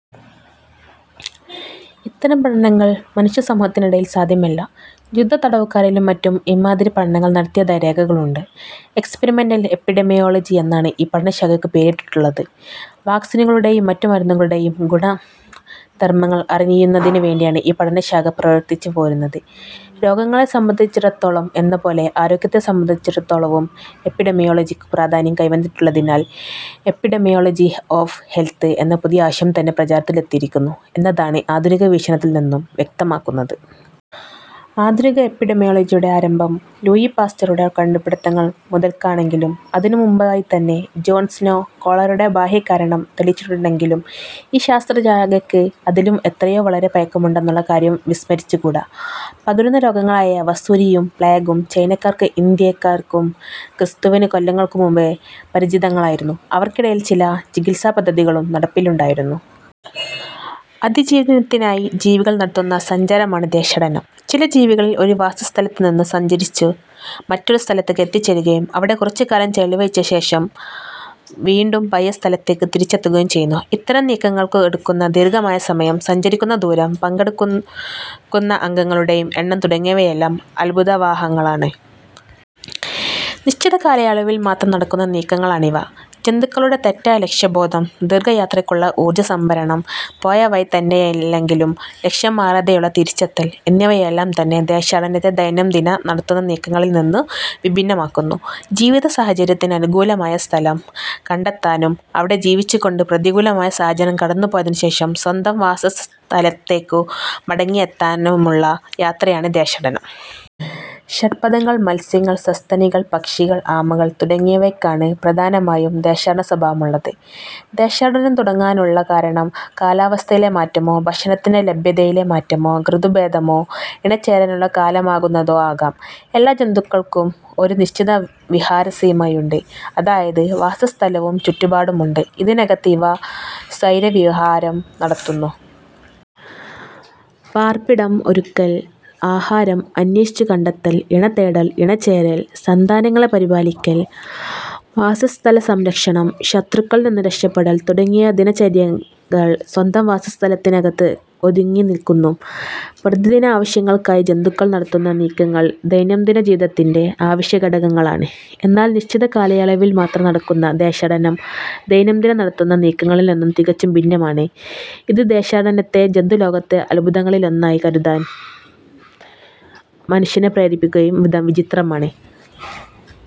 ഇത്തരം പഠനങ്ങൾ മനുഷ്യ സമൂഹത്തിനിടയിൽ സാധ്യമല്ല. യുദ്ധത്തടവുകാരിലും മറ്റും ഇമ്മാതിരി പഠനങ്ങൾ നടത്തിയതായി രേഖകളുണ്ട്. എക്സ്പരിമെന്റൽ എപ്പിഡെമിയോളജി എന്നാണ് ഈ പഠനശാഖയ്ക്കു പേരിട്ടിട്ടുള്ളത്. വാക്സിനുകളുടെയും മറ്റുമരുന്നുകളുടെയും ഗുണധർമങ്ങൾ അറിയുന്നതിനു വേണ്ടിയാണ് ഈ പഠന ശാഖ പ്രവർത്തിച്ചുപോരുന്നത്. രോഗങ്ങളെ സംബന്ധിച്ചിടത്തോളം എന്നപോലെ ആരോഗ്യത്തെ സംബന്ധിച്ചിടത്തോളവും എപ്പിഡെമിയോളജിക്കു പ്രാധാന്യം കൈവന്നിട്ടുള്ളതിനാൽ എപ്പിഡമിയോളജി ഒഫ് ഹെൽത്ത് എന്ന പുതിയ ആശയം തന്നെ പ്രചാരത്തിൽ എത്തിയിരിക്കുന്നു എന്നാണ് ആധുനിക വീക്ഷണത്തിൽ നിന്നു വ്യക്തമാകുന്നത്. ആധുനിക എപ്പിഡെമിയോളജിയുടെ ആരംഭം ലൂയീപാസ്റ്ററുടെ കണ്ടുപിടിത്തങ്ങൾ മുതൽക്കാണെങ്കിലും അതിനു മുമ്പായിതന്നെ ജോൺ സ്നോ കോളറയുടെ ബാഹ്യകാരണം തെളിയിച്ചിട്ടുണ്ടെങ്കിലും ഈ ശാസ്ത്രശാഖയ്ക്ക് അതിലും എത്രയോ വളരെ പഴക്കമുണ്ടെന്നുള്ള കാര്യവും വിസ്മരിച്ചുകൂട. പകരുന്ന രോഗങ്ങളായ വസൂരിയും, പ്ലേഗും ചൈനക്കാർക്കും ഇന്ത്യക്കാർക്കും ക്രിസ്തുവിന് കൊല്ലങ്ങൾക്കു മുമ്പേ പരിചിതങ്ങളായിരുന്നു; അവർക്കിടയിൽ ചില ചികിത്സാപദ്ധതികളും നടപ്പിലുണ്ടായിരുന്നു. അതിജീവനത്തിനായി ജീവികൾ നടത്തുന്ന സഞ്ചാരമാണ് ദേശാടനം. ചില ജീവികൾ ഒരു വാസസ്ഥലത്തുനിന്നു സഞ്ചരിച്ച് മറ്റൊരു സ്ഥലത്ത് എത്തിച്ചേരുകയും അവിടെ കുറച്ചുകാലം ചെലവഴിച്ചശേഷം വീണ്ടും പഴയ സ്ഥലത്തേക്കു തിരിച്ചെത്തുകയും ചെയ്യുന്നു. ഇത്തരം നീക്കങ്ങൾക്ക് എടുക്കുന്ന ദീർഘമായ സമയം, സഞ്ചരിക്കുന്ന ദൂരം, പങ്കെടുക്കുന്ന അംഗങ്ങളുടെ എണ്ണം തുടങ്ങിയവയെല്ലാം അത്ഭുതാവഹങ്ങളാണ്. നിശ്ചിത കാലയളവിൽമാത്രം നടക്കുന്ന നീക്കങ്ങളാണിവ. ജന്തുക്കളുടെ തെറ്റാത്ത ലക്ഷ്യബോധം ദീർഘയാത്രയ്ക്കുള്ള ഊർജസംഭരണം, പോയവഴിതന്നെയല്ലെങ്കിലും ലക്ഷ്യം മാറാതെയുള്ള തിരിച്ചെത്തൽ എന്നിവയെല്ലാംതന്നെ ദേശാടനത്തെ ദൈനംദിനം നടത്തുന്ന നീക്കങ്ങളിൽനിന്നു വിഭിന്നമാക്കുന്നു. ജീവിതസാഹചര്യത്തിന് അനുകൂലമായ സ്ഥലം കണ്ടെത്താനും അവിടെ ജീവിച്ചുകൊണ്ട് പ്രതികൂലമായ സാഹചര്യം കടന്നുപോയശേഷം സ്വന്തം വാസസ്ഥലത്തേക്കു മടങ്ങിയെത്താനുമുള്ള യാത്രയാണ് ദേശാടനം. ഷഡ്പദങ്ങൾ, മത്സ്യങ്ങൾ, സസ്തനികൾ, പക്ഷികൾ, ആമകൾ തുടങ്ങിയവയ്ക്കാണ് പ്രധാനമായും ദേശാടനസ്വഭാവമുള്ളത്. ദേശാടനം തുടങ്ങാനുള്ള കാരണം കാലാവസ്ഥയിലെ മാറ്റമോ, ഭക്ഷണത്തിന്റെ ലഭ്യതയിലെ മാറ്റമോ, ഋതുഭേദമോ, ഇണചേരാനുള്ള കാലമാകുന്നതോ ആകാം. എല്ലാ ജന്തുക്കൾക്കും ഒരു നിശ്ചിത വിഹാരസീമയുണ്ട്; അതായത്, വാസസ്ഥലവും ചുറ്റുപാടും ഉണ്ട്. ഇതിനകത്ത് ഇവ സ്വൈരവിഹാരം നടത്തുന്നു. പാർപ്പിടം ഒരുക്കൽ, ആഹാരം അന്വേഷിച്ചുകണ്ടെത്തൽ, ഇണതേടൽ, ഇണചേരൽ, സന്താനങ്ങളെ പരിപാലിക്കൽ, വാസസ്ഥലസംരക്ഷണം, ശത്രുക്കളിൽനിന്നു രക്ഷപ്പെടൽ തുടങ്ങിയ ദിനചര്യകൾ സ്വന്തം വാസസ്ഥലത്തിനകത്ത് ഒതുങ്ങിനില്ക്കുന്നു. പ്രതിദിന ആവശ്യങ്ങൾക്കായി ജന്തുക്കൾ നടത്തുന്ന നീക്കങ്ങൾ ദൈനംദിനജീവിതത്തിന്റെ അവശ്യഘടകങ്ങളാണ്. എന്നാൽ നിശ്ചിത കാലയളവിൽമാത്രം നടക്കുന്ന ദേശാടനം ദൈനംദിനം നടത്തുന്ന നീക്കങ്ങളിൽനിന്നു തികച്ചും ഭിന്നമാണ്. ഇത് ദേശാടനത്തെ ജന്തുലോകത്തെ അത്ഭുതങ്ങളിലൊന്നായി കരുതാൻ മനുഷ്യനെ പ്രേരിപ്പിക്കുംവിധം വിചിത്രമാണ്.